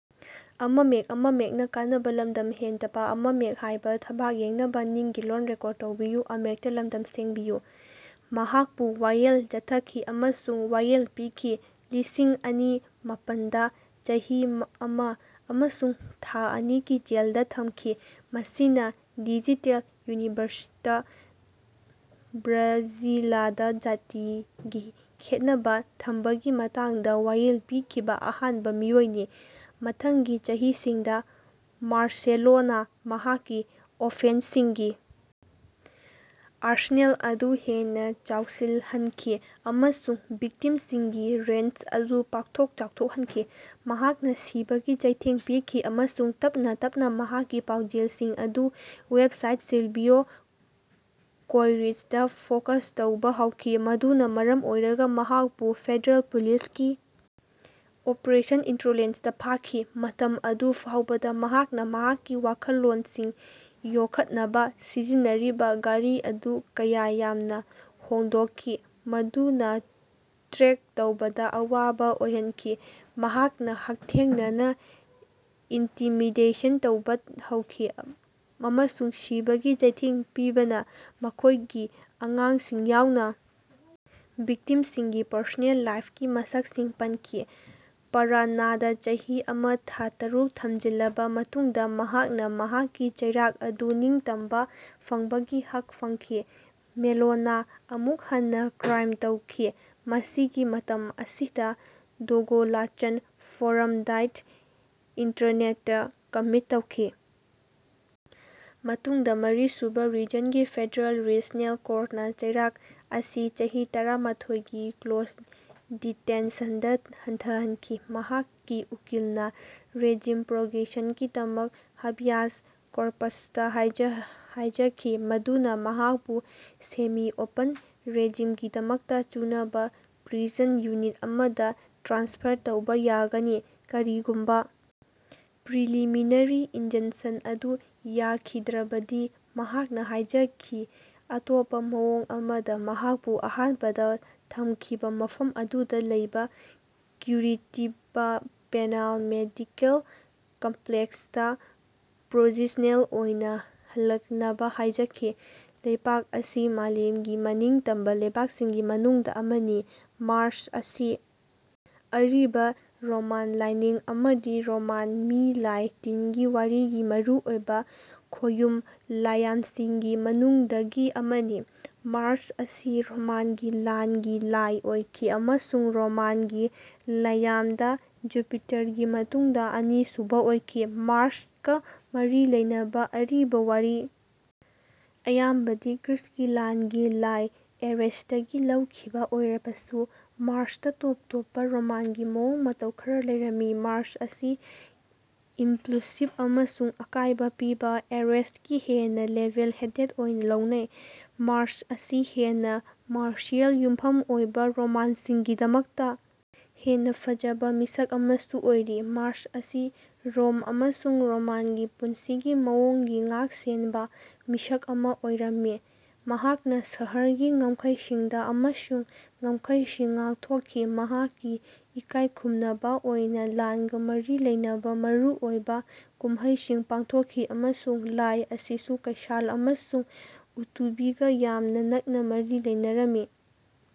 ꯃꯍꯥꯛꯄꯨ ꯋꯥꯌꯦꯜ ꯆꯠꯊꯈꯤ ꯑꯃꯁꯨꯡ ꯋꯥꯌꯦꯜ ꯄꯤꯈꯤ ꯂꯤꯁꯤꯡ ꯑꯅꯤ ꯃꯥꯄꯟꯗ ꯆꯍꯤ ꯑꯃꯥ ꯑꯃꯁꯨꯡ ꯊꯥ ꯑꯅꯤꯒꯤ ꯖꯦꯜꯗꯥ ꯊꯝꯈꯤ ꯃꯁꯤꯅꯥ ꯗꯤꯖꯤꯇꯦꯜ ꯌꯨꯅꯤꯚꯔꯁꯇꯥ ꯕ꯭ꯔꯥꯖꯤꯂꯗꯥ ꯖꯥꯇꯤꯒꯤ ꯈꯦꯟꯅꯕꯥ ꯊꯝꯕꯒꯤ ꯃꯇꯥꯡꯗꯥ ꯋꯥꯌꯦꯜ ꯄꯤꯈꯤꯕꯥ ꯑꯍꯥꯟꯕꯥ ꯃꯤꯑꯣꯏꯅꯤ꯫ ꯃꯊꯪꯒꯤ ꯆꯍꯤꯁꯤꯡꯗꯥ ꯃꯥꯔꯁꯦꯂꯣꯅꯥ ꯃꯍꯥꯛꯀꯤ ꯑꯣꯐꯦꯟꯁꯁꯤꯡꯒꯤ ꯑꯥꯔꯁꯦꯅꯥꯜ ꯑꯗꯨ ꯍꯦꯟꯅꯥ ꯆꯦꯠꯁꯤꯜꯍꯟꯈꯤ ꯑꯃꯁꯨꯡ ꯚꯤꯛꯇꯤꯝꯁꯤꯡꯒꯤ ꯔꯦꯟꯖ ꯑꯗꯨ ꯄꯥꯛꯊꯣꯛ ꯆꯥꯎꯊꯣꯛꯍꯟꯈꯤ꯫ ꯃꯍꯥꯛꯅꯥ ꯁꯤꯕꯒꯤ ꯆꯩꯊꯦꯡ ꯄꯤꯈꯤ ꯑꯃꯁꯨꯡ ꯇꯞꯅꯥ ꯇꯞꯅꯥ ꯃꯍꯥꯛꯀꯤ ꯄꯥꯎꯖꯦꯜꯁꯤꯡ ꯑꯗꯨ ꯋꯦꯕꯁꯥꯏꯠ ꯁꯤꯜꯚꯤꯑꯣ ꯀꯣꯏꯔꯤꯆ ꯗꯥ ꯐꯣꯀꯁ ꯇꯧꯕꯥ ꯍꯧꯈꯤ ꯃꯗꯨꯅꯥ ꯃꯔꯝ ꯑꯣꯏꯔꯒꯥ ꯃꯍꯥꯛꯄꯨ ꯐꯦꯗꯔꯦꯜ ꯄꯨꯂꯤꯁꯀꯤ ꯑꯣꯄꯔꯦꯁꯟ ꯏꯟꯇꯣꯂꯦꯟꯁꯇꯥ ꯐꯥꯈꯤ꯫ ꯃꯇꯝ ꯑꯗꯨ ꯐꯥꯎꯕꯗꯥ ꯃꯍꯥꯛꯅꯥ ꯃꯍꯥꯛꯀꯤ ꯋꯥꯈꯜꯂꯣꯟꯁꯤꯡ ꯌꯣꯛꯈꯠꯅꯕꯥ ꯁꯤꯖꯤꯟꯅꯔꯤꯕꯥ ꯒꯥꯔꯤ ꯑꯗꯨ ꯀꯌꯥ ꯌꯥꯝꯅꯥ ꯍꯣꯡꯗꯣꯛꯈꯤ ꯃꯗꯨꯅꯥ ꯇ꯭ꯔꯦꯛ ꯇꯧꯕꯗꯥ ꯑꯋꯥꯕꯥ ꯑꯣꯏꯍꯟꯈꯤ꯫ ꯃꯍꯥꯛꯅꯥ ꯍꯛꯊꯦꯡꯅꯅꯥ ꯏꯟꯇꯤꯃꯤꯗꯦꯁꯟ ꯇꯧꯕꯥ ꯍꯧꯈꯤ ꯑꯃꯁꯨꯡ ꯁꯤꯕꯒꯤ ꯆꯩꯊꯦꯡ ꯄꯤꯕꯅꯥ ꯃꯈꯣꯏꯒꯤ ꯑꯉꯥꯡꯁꯤꯡ ꯌꯥꯎꯅꯥ ꯚꯤꯛꯇꯤꯝꯁꯤꯡꯒꯤ ꯄꯔꯁꯣꯅꯦꯜ ꯂꯥꯏꯐꯀꯤ ꯃꯁꯛꯁꯤꯡ ꯄꯟꯈꯤ꯫ ꯄꯥꯔꯥꯅꯥꯗꯥ ꯆꯍꯤ ꯑꯃꯥ ꯊꯥ ꯇꯔꯨꯛ ꯊꯝꯖꯤꯜꯂꯕꯥ ꯃꯇꯨꯡꯗꯥ ꯃꯍꯥꯛꯅꯥ ꯃꯍꯥꯛꯀꯤ ꯆꯩꯔꯥꯛ ꯑꯗꯨ ꯅꯤꯡꯇꯝꯕꯥ ꯐꯪꯕꯒꯤ ꯍꯛ ꯐꯪꯈꯤ꯫ ꯃꯦꯂꯣꯅꯥ ꯑꯃꯨꯛ ꯍꯟꯅꯥ ꯀ꯭ꯔꯥꯏꯝ ꯇꯧꯈꯤ ꯃꯁꯤꯒꯤ ꯃꯇꯝ ꯑꯁꯤꯗꯥ ꯗꯣꯒꯣꯂꯥꯆꯟ ꯐꯣꯔꯝꯗꯥ ꯏꯟꯇꯔꯅꯦꯠꯇꯥ ꯀꯃꯤꯠ ꯇꯧꯈꯤ꯫ ꯃꯇꯨꯡꯗꯥ ꯃꯔꯤꯁꯨꯕꯥ ꯔꯤꯖꯟꯒꯤ ꯐꯦꯗꯔꯦꯜ ꯔꯤꯖꯅꯦꯜ ꯀꯣꯔꯠꯅꯥ ꯆꯩꯔꯥꯛ ꯑꯁꯤ ꯆꯍꯤ ꯇꯔꯥꯃꯥꯊꯣꯏꯒꯤ ꯀ꯭ꯂꯣꯖ ꯗꯤꯇꯦꯟꯁꯟꯗꯥ ꯍꯟꯊꯍꯟꯈꯤ꯫ ꯃꯍꯥꯛꯀꯤ ꯎꯀꯤꯜꯅꯥ ꯔꯦꯖꯤꯝ ꯄ꯭ꯔꯣꯒ꯭ꯔꯦꯁꯟꯒꯤꯗꯃꯛ ꯍꯕꯤꯌꯥꯁ ꯀꯣꯔꯄꯁꯇꯥ ꯍꯥꯏꯖꯈꯤ ꯃꯗꯨꯅꯥ ꯃꯍꯥꯛꯄꯨ ꯁꯦꯃꯤ ꯑꯣꯄꯟ ꯔꯦꯖꯤꯝꯒꯤꯗꯃꯛꯇꯥ ꯆꯨꯅꯕꯥ ꯄ꯭ꯔꯤꯖꯟ ꯌꯨꯅꯤꯠ ꯑꯃꯗꯥ ꯇ꯭ꯔꯥꯟꯁꯐꯔ ꯇꯧꯕꯥ ꯌꯥꯒꯅꯤ꯫ ꯀꯔꯤꯒꯨꯝꯕꯥ ꯄ꯭ꯔꯤꯂꯤꯃꯤꯅꯥꯔꯤ ꯏꯟꯖꯟꯁꯟ ꯑꯗꯨ ꯌꯥꯈꯤꯗ꯭ꯔꯕꯗꯤ ꯃꯍꯥꯛꯅꯥ ꯍꯥꯏꯖꯈꯤ ꯑꯇꯣꯞꯄꯥ ꯃꯑꯣꯡ ꯑꯃꯗꯥ ꯃꯍꯥꯛꯄꯨ ꯑꯍꯥꯟꯕꯗꯥ ꯊꯝꯈꯤꯕꯥ ꯃꯐꯝ ꯑꯗꯨꯗꯥ ꯂꯩꯕꯥ ꯀ꯭ꯌꯨꯔꯤꯇꯤꯕꯥ ꯄꯦꯅꯥꯜ ꯃꯦꯗꯤꯀꯦꯜ ꯀꯝꯄ꯭ꯂꯦꯛꯁꯇꯥ ꯄ꯭ꯔꯣꯕꯤꯖꯅꯦꯜ ꯑꯣꯏꯅꯥ ꯍꯜꯂꯛꯅꯕꯥ ꯍꯥꯏꯖꯈꯤ꯫ ꯂꯩꯄꯥꯛ ꯑꯁꯤ ꯃꯥꯂꯦꯝꯒꯤ ꯃꯅꯤꯡ ꯇꯝꯕ ꯂꯩꯄꯥꯛꯁꯤꯡꯒꯤ ꯃꯅꯨꯡꯗ ꯑꯃꯅꯤ꯫ ꯃꯥꯔ꯭ꯁ ꯑꯁꯤ ꯑꯔꯤꯕ ꯔꯣꯃꯥꯟ ꯂꯥꯢꯅꯤꯡ ꯑꯃꯗꯤ ꯔꯣꯃꯥꯟ ꯃꯤ ꯂꯥꯢ ꯇꯤꯟꯒꯤ ꯋꯥꯔꯤꯒꯤ ꯃꯔꯨ ꯑꯣꯢꯕ ꯈꯣꯌꯨꯝ ꯂꯥꯢꯌꯥꯝꯁꯤꯡꯒꯤ ꯃꯅꯨꯡꯗꯒꯤ ꯑꯃꯅꯤ꯫ ꯃꯥꯔ꯭ꯁ ꯑꯁꯤ ꯔꯣꯃꯥꯟꯒꯤ ꯂꯥꯟꯒꯤ ꯂꯥꯏ ꯑꯣꯏꯈꯤ ꯑꯃꯁꯨꯡ ꯔꯣꯃꯥꯟꯒꯤ ꯂꯥꯏꯌꯥꯝꯗ ꯖꯨꯄꯤꯇꯔꯒꯤ ꯃꯇꯨꯡꯗ ꯑꯅꯤꯁꯨꯕ ꯑꯣꯏꯈꯤ꯫ ꯃꯥꯔ꯭ꯁꯀ ꯃꯔꯤ ꯂꯩꯅꯕ ꯑꯔꯤꯕ ꯋꯥꯔꯤ ꯑꯌꯥꯝꯕꯗꯤ ꯒ꯭ꯔꯤꯛꯀꯤ ꯂꯥꯟꯒꯤ ꯂꯥꯏ ꯑꯦꯔꯦꯁꯇꯒꯤ ꯂꯧꯈꯤꯕ ꯑꯣꯏꯔꯕꯁꯨ ꯃꯥꯔ꯭ꯁꯇ ꯇꯣꯞ-ꯇꯣꯞꯄ ꯔꯣꯃꯥꯟꯒꯤ ꯃꯑꯣꯡ ꯃꯇꯧ ꯈꯔ ꯂꯩꯔꯝꯃꯤ꯫ ꯃꯥꯔ꯭ꯁ ꯑꯁꯤ ꯏꯝꯄ꯭ꯂꯨꯁꯤꯕ ꯑꯃꯁꯨꯡ ꯑꯀꯥꯏꯕ ꯄꯤꯕ ꯑꯦꯔꯦꯁꯇꯒꯤ ꯍꯦꯟꯅ ꯂꯦꯚꯦꯜ ꯍꯦꯗꯦꯗ ꯑꯣꯏꯅ ꯂꯧꯅꯩ꯫ ꯃꯥꯔ꯭ꯁ ꯑꯁꯤ ꯍꯦꯟꯅ ꯃꯥꯔꯁꯤꯌꯦꯜꯗ ꯌꯨꯝꯐꯝ ꯑꯣꯏꯕ ꯔꯣꯃꯥꯟꯁꯤꯡꯒꯤꯗꯃꯛꯇ ꯍꯦꯟꯅ ꯐꯖꯕ ꯃꯤꯁꯛ ꯑꯃꯁꯨ ꯑꯣꯏꯔꯤ꯫ ꯃꯥꯔ꯭ꯁ ꯑꯁꯤ ꯔꯣꯝ ꯑꯃꯁꯨꯡ ꯔꯣꯃꯥꯟꯒꯤ ꯄꯨꯟꯁꯤꯒꯤ ꯃꯑꯣꯡꯒꯤ ꯉꯥꯛꯁꯦꯟꯕ ꯃꯤꯁꯛ ꯑꯃ ꯑꯣꯏꯔꯝꯃꯤ꯫ ꯃꯍꯥꯛꯅ ꯁꯍꯔꯒꯤ ꯉꯝꯈꯩꯁꯤꯡ ꯑꯃꯁꯨꯡ ꯉꯝꯈꯩꯁꯤꯡ ꯉꯥꯛꯊꯣꯛꯈꯤ꯫ ꯃꯍꯥꯛꯀꯤ ꯏꯀꯥꯏꯈꯨꯝꯅꯕ ꯑꯣꯏꯅ ꯂꯥꯟꯒ ꯃꯔꯤ ꯂꯩꯅꯕ ꯃꯔꯨꯑꯣꯏꯕ ꯀꯨꯝꯍꯩꯁꯤꯡ ꯄꯥꯡꯊꯣꯛꯈꯤ ꯑꯃꯁꯨꯡ ꯂꯥꯏ ꯑꯁꯤꯁꯨ ꯀꯩꯁꯥꯜ ꯑꯃꯁꯨꯡ ꯎꯇꯨꯕꯤꯒ ꯌꯥꯝꯅ ꯅꯛꯅ ꯃꯔꯤ ꯂꯩꯅꯔꯝꯃꯤ꯫